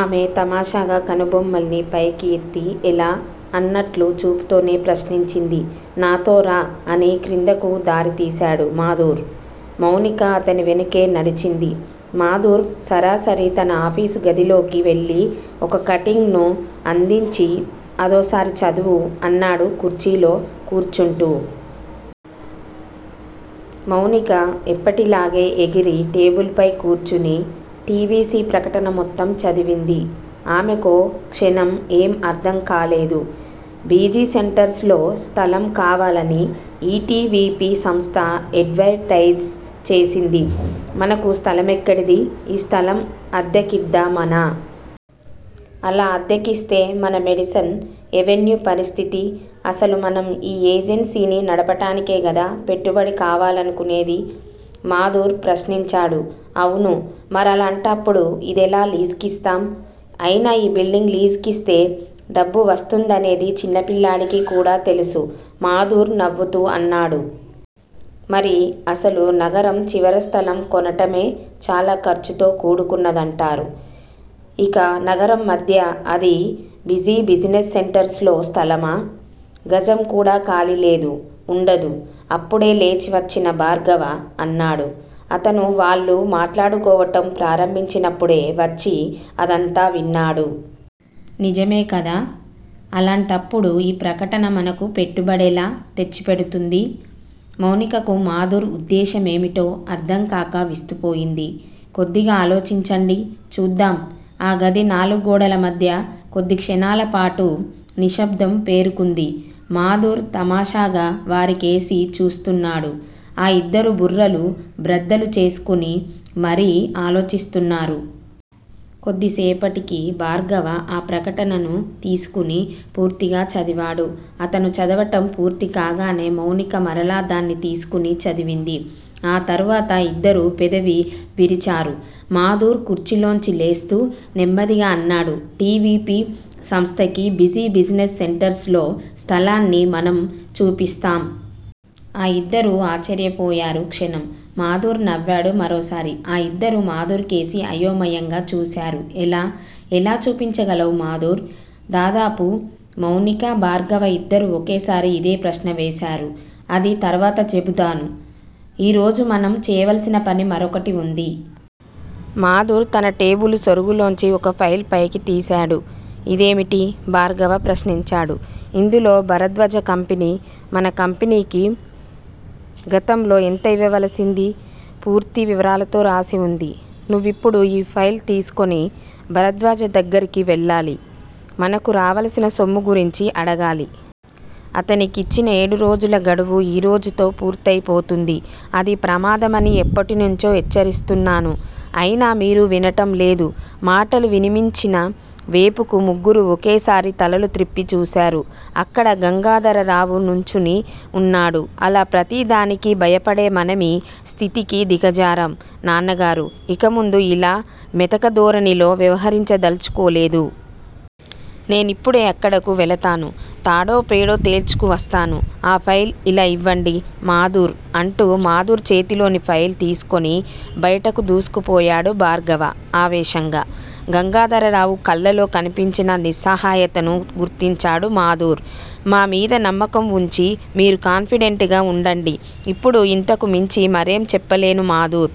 ఆమె తమాషాగా కనుబొమ్మల్ని పైకి ఎత్తి ఎలా? అన్నట్లు చూపుతోనే ప్రశ్నించింది. నాతో రా అని క్రిందకు దారితీశాడు మాధుర్. మౌనిక అతని వెనుకే నడిచింది. మాధుర్ సరాసరి తన ఆఫీసు గదిలోకి వెళ్ళి ఒక కటింగ్ ను అందించి అదోసారి చదువు అన్నాడు కుర్చీలో కూర్చుంటూ. మౌనిక ఎప్పటిలాగే ఎగిరి టేబుల్ పై కూర్చుని టి. వి. సి. ప్రకటన మొత్తం చదివింది. ఆమెకో క్షణం ఏం అర్ధంకాలేదు. బిజీ సెంటర్స్ లో స్థలం కావాలని ఈ టి. వి. పి. సంస్థ ఎడ్వర్ టైజ్ చేసింది. మనకు స్థలమెక్కడిది? ఈ స్థలం అద్దెకిద్డామనా? అలా అద్దెకిస్తే మన మేడిసన్ ఎవెన్యూ పరిస్థితి? అసలు మనం ఈ ఏజెన్సీని నడపటానికే గదా పెట్టుబడి కావాలను కునేది? మాధుర్ ప్రశ్నించాడు. అవును. మరలాంటప్పుడు ఇదెలా లీజ్ కిస్తాం? అయినా ఈ బిల్డింగ్ లీజ్ కిస్తే డబ్బు వస్తుందనేది చిన్నపిల్లాడికి కూడా తెలుసు మాధుర్ నవ్వుతూ అన్నాడు. మరి అసలు నగరం చివర స్థలం కొనటమే చాలా ఖర్చుతో కూడుకున్నదంటారు. ఇక నగరం మధ్య, అదీ బిజీ బిజినెస్ సెంటర్స్ లో స్థలమా? గజం కూడా ఖాళీలేదు. వుండదు అప్పుడే లేచి వచ్చిన భార్గవ అన్నాడు. అతను వాళ్ళు మాట్లాడుకోవటం ప్రారంభించినప్పుడే వచ్చి అదంతా విన్నాడు. నిజమేకదా? అలాంటప్పుడు ఈ ప్రకటన మనకు పెట్టుబడెలా తెచ్చిపెడుతుంది? మౌనికకు మాధుర్ ఉద్దేశమేమిటో అర్ధంకాక విస్తుపోయింది. కొద్దిగా ఆలోచించండి చూద్దాం ఆ గది నాలుగు గోడలమధ్య కొద్దిక్షణాల పాటు నిశ్శబ్దం పేరుకుంది. మాధుర్ తమాషాగా వారికేసి చూస్తున్నాడు. ఆ ఇద్దరూ బుర్రలు బ్రద్దలు చేసుకొని మరీ ఆలోచిస్తున్నారు. కొద్దిసేపటికి భార్గవ ఆ ప్రకటనను తీసుకుని పూర్తిగా చదివాడు. అతను చదవటం పూర్తికాగానే మౌనిక మరలా దాన్ని తీసుకుని చదివింది. ఆ తరువాత ఇద్దరూ పెదవి విరిచారు. మాధుర్ కుర్చీలోంచి లేస్తూ నెమ్మదిగా అన్నాడు. టి. వి. పి. సంస్థకి బిజీ బిజినెస్ సెంటర్స్ లో స్థలాన్ని మనం చూపిస్తాం. ఆ ఇద్దరూ ఆశ్చర్యపోయారు క్షణం. మాధుర్ నవ్వాడు మరోసారి. ఆ ఇద్దరూ మాధుర్ కేసి అయోమయంగా చూశారు. ఎలా? ఎలా చూపించగలవు మాధుర్? దాదాపు మౌనిక, భార్గవ ఇద్దరూ ఒకేసారి ఇదే ప్రశ్న వేశారు. అది తరువాత చెబుతాను. ఈరోజు మనం చేయవల్సిన పని మరొకటి వుంది. మాధుర్ తన టేబుల్ సొరుగులోంచి ఒక ఫైల్ పైకి తీశాడు. ఇదేమిటి? భార్గవ ప్రశ్నించాడు. ఇందులో భరద్వాజ కంపెనీ మన కంపెనీకి గతంలో ఎంత ఇవ్వవలసింది పూర్తి వివరాలతో రాసి వుంది. నువ్విప్పుడు ఈ ఫైల్ తీసుకొని భరద్వాజ దగ్గరికి వెళ్ళాలి. మనకు రావలసిన సొమ్ము గురించి అడగాలి. అతనికిచ్చిన ఏడురోజుల గడువు ఈరోజుతో పూర్తయిపోతుంది. అది ప్రమాదమని ఎప్పటినుంచో హెచ్చరిస్తున్నాను. అయినా మీరు వినటంలేదు. మాటలు వినిపిమ్చిన వేపుకు ముగ్గురూ ఒకేసారి తలలు త్రిప్పి చూశారు. అక్కడ గంగాధరరావు నుంచుని వున్నాడు. అలా ప్రతిదానికీ భయపడే మనమీ స్థితికి దిగజారాం నాన్నగారూ ఇకముందు యిలా మెతకధోరణిలో వ్యవహరిందల్చుకోలేదు. నేనిప్పుడే అక్కడకు వెళతాను. తాడో పేడో తేల్చుకువస్తాను. ఆ ఫైల్ ఇలా యివ్వండి మాధుర్ అంటూ మాధుర్ చేతిలోని ఫైల్ తీసుకొని బయటికి దూసుకుపోయాడు భార్గవ ఆవేశంగా. గంగాధరరావు కళ్ళలో కనిపించిన నిస్సహాయతను గుర్తించాడు మాధుర్. మా మీద నమ్మకం వుంచి మీరు కాన్ఫిడెంట్ గా వుండండి. ఇప్పుడు ఇంతకుమించి మరేం చెప్పలేను మాధుర్